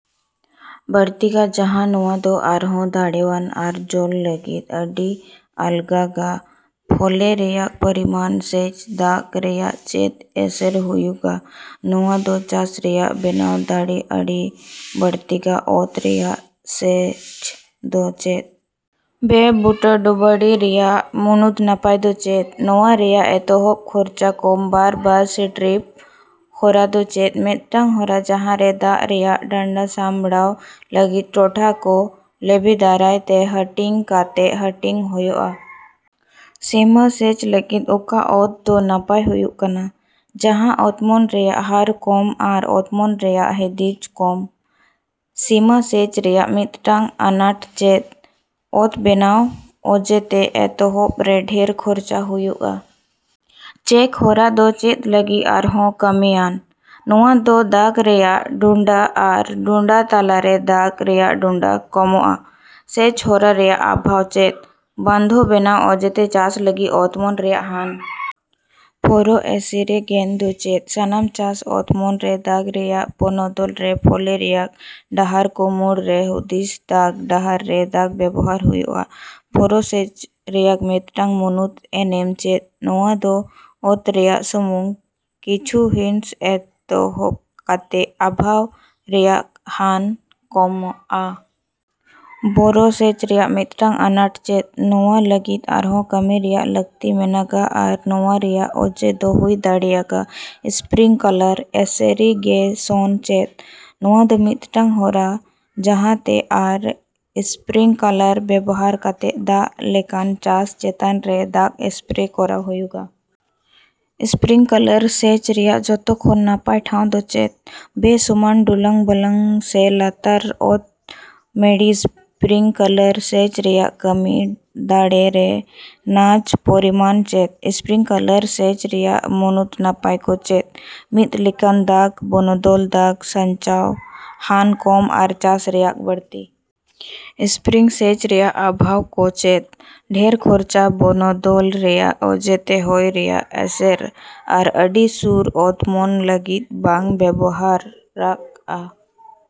ᱵᱟᱹᱲᱛᱤᱜᱼᱟ, ᱡᱟᱦᱟᱸ ᱱᱚᱶᱟ ᱫᱚ ᱟᱨᱦᱚᱸ ᱫᱟᱲᱮᱹᱣᱟᱱᱟᱜ ᱟᱨ ᱡᱳᱞ ᱞᱟᱹᱜᱤᱫ ᱟᱹᱰᱤ ᱟᱞᱜᱟᱜᱼᱟ᱾ ᱯᱷᱚᱞᱮ ᱨᱮᱭᱟᱜ ᱯᱚᱨᱤᱢᱟᱱ ᱥᱮᱪ ᱫᱟᱜ ᱨᱮᱭᱟᱜ ᱪᱮᱫ ᱮᱥᱮᱨ ᱦᱩᱭᱩᱜᱼᱟ? ᱱᱚᱶᱟ ᱫᱚ ᱪᱟᱥ ᱨᱮᱭᱟᱜ ᱵᱮᱱᱟᱣ ᱫᱟᱲᱮ ᱟᱹᱰᱤ ᱵᱟᱹᱲᱛᱤᱜᱼᱟ᱾ ᱚᱛ ᱨᱮᱭᱟᱜ ᱥᱮᱪ ᱫᱚ ᱪᱮᱫ? ᱵᱮᱼᱵᱩᱴᱟᱹ ᱰᱩᱵᱟᱹ ᱨᱮᱭᱟᱜ ᱢᱩᱲᱩᱫ ᱱᱟᱯᱟᱭ ᱫᱚ ᱪᱮᱫ? ᱱᱚᱶᱟ ᱨᱮᱭᱟᱜ ᱮᱛᱚᱦᱚᱵ ᱠᱷᱚᱨᱪᱟ ᱠᱚᱢ᱾ ᱵᱟᱨ ᱵᱟᱨ ᱥᱤᱴᱨᱤᱯ ᱦᱚᱨᱟ ᱫᱚ ᱪᱮᱫ? ᱢᱤᱫᱴᱟᱝ ᱦᱚᱨᱟ ᱡᱟᱦᱟᱸ ᱨᱮ ᱫᱟᱜ ᱨᱮᱭᱟᱜ ᱰᱟᱰᱟ. ᱥᱟᱢᱲᱟᱣ ᱞᱟᱹᱜᱤᱫ ᱴᱚᱴᱷᱟ ᱠᱚ ᱞᱮᱵᱷᱤ ᱫᱟᱨᱟᱭ ᱛᱮ ᱦᱟᱹᱴᱤᱧ ᱠᱟᱛᱮ ᱦᱟᱹᱴᱤᱧ ᱦᱳᱭᱳᱜᱼᱟ᱾ ᱥᱤᱢᱟᱹ ᱥᱮᱪ ᱞᱟᱹᱜᱤᱫ ᱚᱠᱟ ᱚᱛ ᱫᱚ ᱱᱟᱯᱟᱭ ᱦᱩᱭᱩᱜ ᱠᱟᱱᱟ? ᱡᱟᱦᱟᱸ ᱚᱛᱚᱢ ᱨᱮᱭᱟᱜ ᱦᱟᱨ ᱠᱚᱢ ᱟᱨ ᱚᱛᱚᱢ ᱨᱮᱭᱟᱜ ᱦᱤᱫᱤᱡ ᱠᱚᱢ᱾ ᱥᱤᱢᱟᱹ ᱥᱮᱪ ᱨᱮᱭᱟᱜ ᱢᱤᱫᱴᱟᱝ ᱟᱱᱟᱴ ᱪᱮᱫ? ᱚᱛ ᱵᱮᱱᱟᱣ ᱚᱡᱮ ᱛᱮ ᱮᱛᱚᱦᱚᱵ ᱨᱮ ᱰᱷᱮᱨ ᱠᱷᱚᱨᱪᱟ ᱦᱩᱭᱩᱜᱼᱟ᱾ ᱪᱮᱠ ᱦᱚᱨᱟ ᱫᱚ ᱪᱮᱫ ᱞᱟᱹᱜᱤᱫ ᱟᱨᱦᱚᱸ ᱠᱟᱹᱢᱤ ᱟᱱ? ᱱᱚᱶᱟ ᱫᱚ ᱫᱟᱜ ᱨᱮᱭᱟᱜ ᱰᱩᱰᱟ. ᱟᱨ ᱰᱩᱰᱟ. ᱛᱟᱞᱟᱛᱮ ᱫᱟᱜ ᱨᱮᱭᱟᱜ ᱰᱩᱰᱟ. ᱠᱚᱢᱼᱟ᱾ ᱥᱮᱪ ᱦᱚᱨᱟ ᱨᱮᱭᱟᱜ ᱚᱵᱷᱟᱵᱽ ᱪᱮᱫ? ᱵᱚᱱᱫᱷᱚ ᱵᱮᱱᱟᱣ ᱚᱡᱮ ᱛᱮ ᱪᱟᱥ ᱞᱟᱹᱜᱤᱫ ᱚᱛᱢᱚᱱ ᱨᱮᱭᱟᱜ ᱦᱟᱹᱱ᱾ ᱯᱷᱚᱨᱳ ᱮᱥᱮᱨᱤᱜᱮᱱ ᱫᱚ ᱪᱮᱫ? ᱥᱟᱱᱟᱢ ᱪᱟᱥ ᱚᱛᱚᱢ ᱨᱮ ᱫᱟᱜ ᱨᱮᱭᱟᱜ ᱵᱚᱱᱚᱫᱚᱞ ᱨᱮ ᱯᱷᱚᱞᱮ ᱨᱮᱭᱟᱜ ᱰᱟᱦᱟᱨ ᱠᱚ ᱢᱩᱫ ᱨᱮ ᱦᱩᱰᱤᱧ ᱫᱟᱜ ᱰᱟᱦᱟᱨ ᱨᱮ ᱫᱟᱜ ᱵᱮᱣᱦᱟᱨ ᱦᱩᱭᱩᱜᱼᱟ᱾ ᱯᱷᱚᱨᱳ ᱥᱮᱪ ᱨᱮᱭᱟᱜ ᱢᱤᱫᱴᱟᱝ ᱢᱩᱲᱩᱫ ᱮᱱᱮᱢ ᱪᱮᱫ? ᱱᱚᱶᱟ ᱫᱚ ᱚᱛ ᱨᱮᱭᱟᱜ ᱥᱩᱢᱩᱝ ᱠᱤᱪᱷᱩ ᱦᱤᱸᱥ ᱮᱦᱚᱵ ᱠᱟᱛᱮ ᱚᱵᱷᱟᱵᱽ ᱨᱮᱭᱟᱜ ᱦᱟᱹᱱ ᱠᱚᱢᱼᱟ᱾ ᱵᱳᱨᱳ ᱥᱮᱪ ᱨᱮᱭᱟᱜ ᱢᱤᱫᱴᱟᱝ ᱟᱱᱟᱴ ᱪᱮᱫ? ᱱᱚᱶᱟ ᱞᱟᱹᱜᱤᱫ ᱟᱨᱦᱚᱸ ᱠᱟᱹᱢᱤ ᱨᱮᱭᱟᱜ ᱞᱟᱹᱠᱛᱤ ᱢᱮᱱᱟᱜᱼᱟ ᱟᱨ ᱱᱚᱶᱟ ᱨᱮᱭᱟᱜ ᱚᱡᱮ ᱫᱚ ᱦᱩᱭ ᱫᱟᱲᱮᱭᱟᱜᱼᱟ ᱾ ᱥᱯᱨᱤᱝᱞᱟᱨ ᱮᱥᱮᱨᱤᱜᱮᱥᱚᱱ ᱪᱮᱫ? ᱱᱚᱶᱟ ᱫᱚ ᱢᱤᱫᱴᱟᱝ ᱦᱚᱨᱟ ᱡᱟᱦᱟᱸᱛᱮ ᱟᱨ ᱮᱥᱯᱨᱤᱝᱞᱟᱨ ᱵᱮᱣᱦᱟᱨ ᱠᱟᱛᱮ ᱫᱟᱜ ᱞᱮᱠᱟᱱ ᱪᱟᱥ ᱪᱮᱛᱟᱱ ᱨᱮ ᱫᱟᱜ ᱮᱥᱯᱨᱮ ᱠᱚᱨᱟᱣ ᱦᱩᱭᱩᱜᱼᱟ᱾ ᱥᱯᱨᱤᱝᱞᱟᱨ ᱥᱮᱪ ᱨᱮᱭᱟᱜ ᱡᱚᱛᱚ ᱠᱷᱚᱱ ᱱᱟᱯᱟᱭ ᱴᱷᱟᱶ ᱫᱚ ᱪᱮᱫ? ᱵᱮᱼᱥᱩᱢᱟᱹᱱ, ᱰᱩᱞᱟᱝ, ᱵᱟᱞᱟᱝ ᱥᱮ ᱞᱟᱛᱟᱨ ᱚᱛ ᱢᱮᱲᱤ᱾ ᱥᱯᱨᱤᱝᱞᱟᱨ ᱥᱮᱪ ᱨᱮᱭᱟᱜ ᱠᱟᱹᱢᱤ ᱫᱟᱲᱮ ᱨᱮᱱᱟᱜ ᱯᱚᱨᱤᱢᱟᱱ ᱪᱮᱫ? ᱥᱯᱨᱤᱝᱞᱟᱨ ᱥᱮᱪ ᱨᱮᱭᱟᱜ ᱢᱩᱲᱩᱫ ᱱᱟᱯᱟᱭ ᱠᱚ ᱪᱮᱫ? ᱢᱤᱫ ᱞᱮᱠᱟᱱ ᱫᱟᱜ ᱵᱚᱱᱚᱫᱚᱞ, ᱫᱟᱜ ᱥᱟᱧᱪᱟᱣ, ᱦᱟᱹᱱ ᱠᱚᱢ ᱟᱨ ᱪᱟᱥ ᱨᱮᱭᱟᱜ ᱵᱟᱹᱲᱛᱤ᱾ ᱥᱯᱨᱤᱝᱞᱟᱨ ᱥᱮᱪ ᱨᱮᱭᱟᱜ ᱚᱵᱷᱟᱵᱽ ᱠᱚ ᱪᱮᱫ? ᱰᱷᱮᱨ ᱠᱷᱚᱨᱪᱟ, ᱵᱚᱱᱚᱫᱚᱞ ᱨᱮᱭᱟᱜ ᱚᱡᱮᱛᱮ, ᱦᱚᱭ ᱨᱮᱭᱟᱜ ᱮᱥᱮᱨ ᱟᱨ ᱟᱹᱰᱤ ᱥᱩᱨ ᱚᱛᱢᱚᱱ ᱞᱟᱹᱜᱤᱫ ᱵᱟᱝ ᱵᱮᱣᱦᱟᱨᱚᱜᱼᱟ᱾